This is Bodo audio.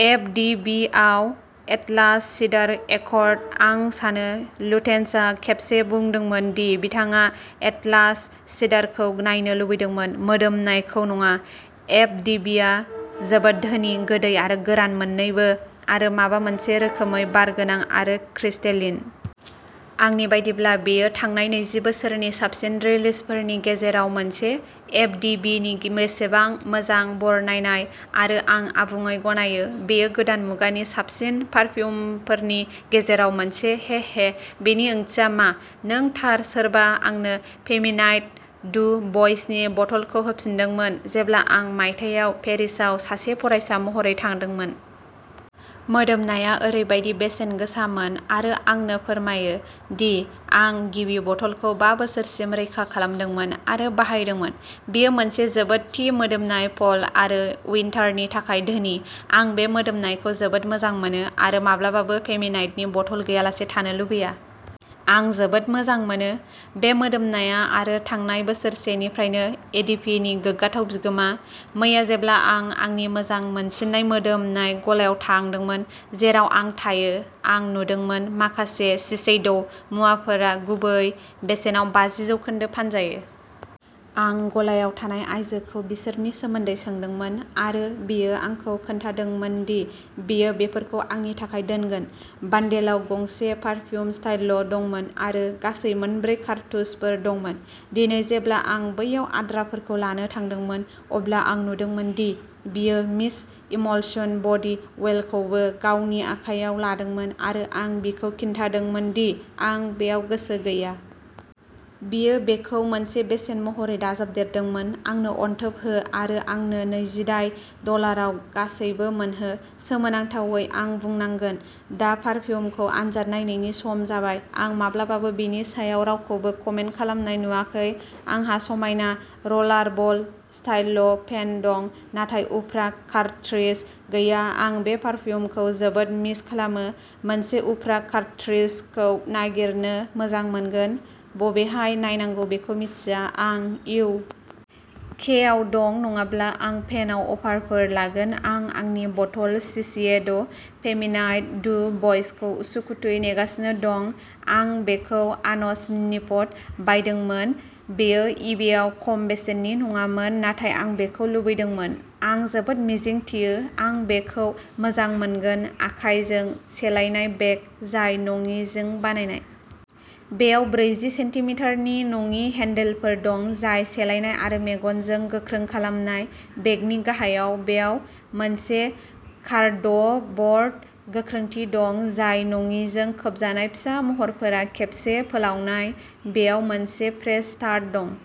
एफ डि बि आव एटलास सिडार एकर्ड। आं सानो लुटेन्सआ खेबसे बुंदोंमोन दि बिथाङा एटलास सिडारखौ नायनो लुबैदोंमोन, मोदोमनायखौ नङा। एफ डि बिआ जोबोद धोनि गोदै आरो गोरान मोननैबो आरो माबा मोनसे रोखोमै बार गोनां आरो क्रिस्टेलिन। आंनि बायदिब्ला बेयो थांनाय नैजि बोसोरनि साबसिन रिलिजफोरनि गेजेराव मोनसे। एफ डि बिनि बेसेबां मोजां बरनायनाय, आरो आं आबुङै गनायो, बेयो गोदान मुगानि साबसिन पारफिउमफोरनि गेजेराव मोनसे। हेहे... बेनि ओंथिया मा? नों थार सोरबा आंनो फेमिनाइट डु बइसनि बथलखौ होफिनदोंमोन जेब्ला आं मायथाइयाव पेरिसाव सासे फरायसा महरै थादोंमोन। मोदोमनाया ओरैबायदि बेसेनगोसामोन आरो आंनो फोरमायो दि आं गिबि बथलखौ बा बोसोरसिम रैखा खालामदोंमोन आरो बाहायदोंमोन। बेयो मोनसे जोबोद-थि मोदोमनाय फल आरो उइन्टारनि थाखाय धोनि। आं बे मोदोमनायखौ जोबोद मोजां मोनो, आरो माब्लाबाबो फेमिनाइटनि बथल गैयालासे थानो लुबैया। आं जोबोद मोजां मोनो। बे मोदोमनाया आरो थांनाय बोसोरसेनिफ्रायनो एडिपिनि गोग्गाथाव बिगोमा। मैया जेब्ला आं आंनि मोजां मोनसिननाय मोदोमनाय गलायाव थांदोंमोन, जेराव आं थायो आं नुदोंमोन माखासे शिसेइड' मुवाफोरा गुबै बेसेनाव बाजि जौखोन्दो फानजायो। आं गलायाव थानाय आयजोखौ बिसोरनि सोमोन्दै सोंदोंमोन आरो बियो आंखौ खिन्थादोंमोन दि बियो बेफोरखौ आंनि थाखाय दोनगोन। बानदेलाव गंसे पारफिउम स्टाइल' दंमोन आरो गासै मोनब्रै कारतुजफोर दंमोन। दिनै जेब्ला आं बैयाव आद्राफोरखौ लानो थांदोंमोन, अब्ला आं नुदोंमोन दि बियो मिस्ट इमल्सन बडि अवेइलखौबो गावनि आखायाव लादोंमोन आरो आं बिखौ खिन्थादोंमोन दि आं बेयाव गोसो गैया। बियो बेखौ मोनसे बेसेन महरै दाजाबदेरदोंमोन। आंनो अनथोब हो आरो आंनो नैजिदाइ डलाराव गासैबो मोनहो। सोमोनांथावै आं बुंनांगोन। दा पारफिउमखौ आनजाद नायनायनि सम जाबाय, आं माब्लाबाबो बेनि सायाव रावखौबो कमेन्ट खालामनाय नुवाखै आंहा समायना रलारबल स्टाइल' पेन दं नाथाय उफ्रा कार्ट्रिज गैया, आं बे पारफिउमखौ जोबोद मिस खालामो मोनसे उफ्रा कार्ट्रिजखौ नागिरनो मोजां मोनगोन, बबेहाय नायनांगौ बेखौ मिथिया आं इउ. के. आव दं नङाब्ला आं पेनआव अफारफोर लागोन आं आंनि बथल शिसिएड' फेमिनाइट डु बइसखौ उसुखुथुयै नेगासिनो दं आं बेखौ आनसनिफ्ड बायदोंमोन बेयो इबेआव खम बेसेननि नङामोन नाथाय आं बेखौ लुबैदोंमोन! आं जोबोद मिजिंथियो आं बेखौ मोजां मोनगोन आखायजों सेलायनाय बेग जाय नङिजों बानायनाय। बेयाव ब्रैजि सेन्टिमिटारनि नङि हेन्डलफोर दं जाय सेलायनाय आरो मेगनजों गोख्रों खालामनाय। बेगनि गाहायाव बेयाव मोनसे कार्डब'र्ड गोख्रोंथि दं जाय नङिजों खोबजानाय फिसा महरफोरा खेबसे फोलावनाय। बेयाव मोनसे प्रेस स्टाड दं।